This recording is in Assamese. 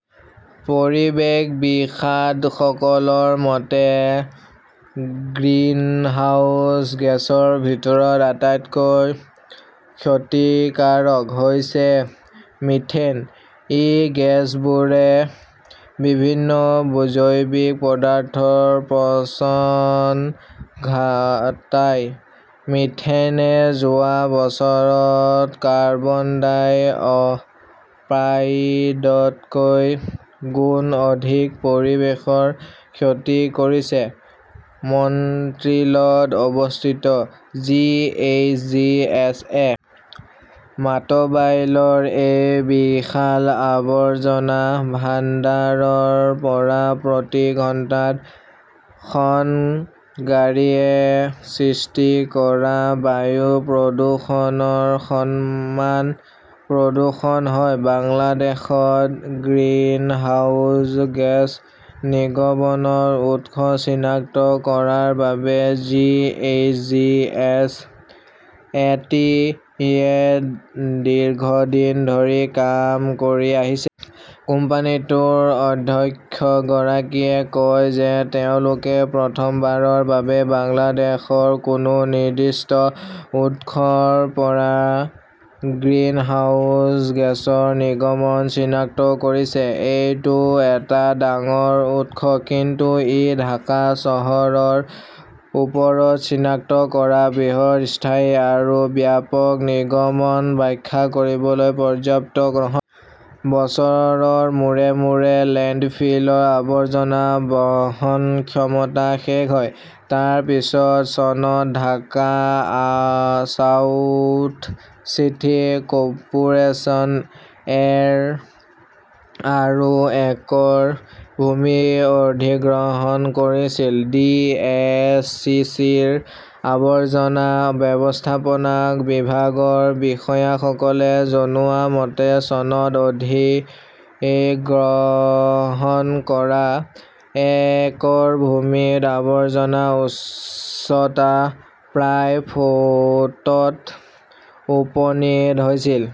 পৰিৱেশবিসাদসকলৰ মতে, গ্ৰিনহাউজ গেছৰ ভিতৰত আটাইতকৈ ক্ষতিকাৰক হৈছে মিথেন। এই গেছবোৰে বিভিন্ন জৈৱিক পদাৰ্থৰ পচন ঘটায়। মিথেনে যোৱা বছৰত কাৰ্বন ডাই-অপাইডতকৈ গুণ অধিক পৰিৱেশৰ ক্ষতি কৰিছে। মণ্ট্ৰিলত অৱস্থিত G. H. G. S. A. মাটৱাইলৰ এই বিশাল আৱৰ্জনা ভাণ্ডাৰৰ পৰা প্ৰতি ঘণ্টাত, খন গাড়ীয়ে সৃষ্টি কৰা বায়ু প্ৰদূষণৰ সমান প্ৰদূষণ হয়। বাংলাদেশত গ্ৰিনহাউজ গেছ নিৰ্গমনৰ উৎস চিনাক্ত কৰাৰ বাবে G. H. G. S. A. T. -য়ে দীৰ্ঘদিন ধৰি কাম কৰি আহিছে। কোম্পানীটোৰ অধ্যক্ষগৰাকীয়ে কয় যে তেওঁলোকে প্ৰথমবাৰৰ বাবে বাংলাদেশৰ কোনো নিৰ্দিষ্ট উৎসৰ পৰা গ্ৰিনহাউজ গেছৰ নিৰ্গমন চিনাক্ত কৰিছে। এইটো এটা ডাঙৰ উৎস, কিন্তু ই ঢাকা চহৰৰ ওপৰত চিনাক্ত কৰা বৃহৎ, স্থায়ী আৰু ব্যাপক নিৰ্গমন ব্যাখ্যা কৰিবলৈ পৰ্যাপ্ত নহয়। বছৰৰ মূৰে মূৰে লেণ্ডফিলৰ আৱৰ্জনা বহনক্ষমতা শেষ হয়। তাৰ পিছত চনত ঢাকা চাউথ চিটি কৰ্পোৰেচন -এ আৰু একৰ ভূমি অধিগ্ৰহণ কৰিছিল। ডি. এছ. চি. চি. -ৰ আৱৰ্জনা ব্যৱস্থাপনা বিভাগৰ বিষয়াসকলে জনোৱা মতে চনত অধিগ্ৰহণ কৰা একৰ ভূমিত আৱৰ্জনাৰ উচ্চতা প্ৰায় ফুটত উপনীত হৈছিল।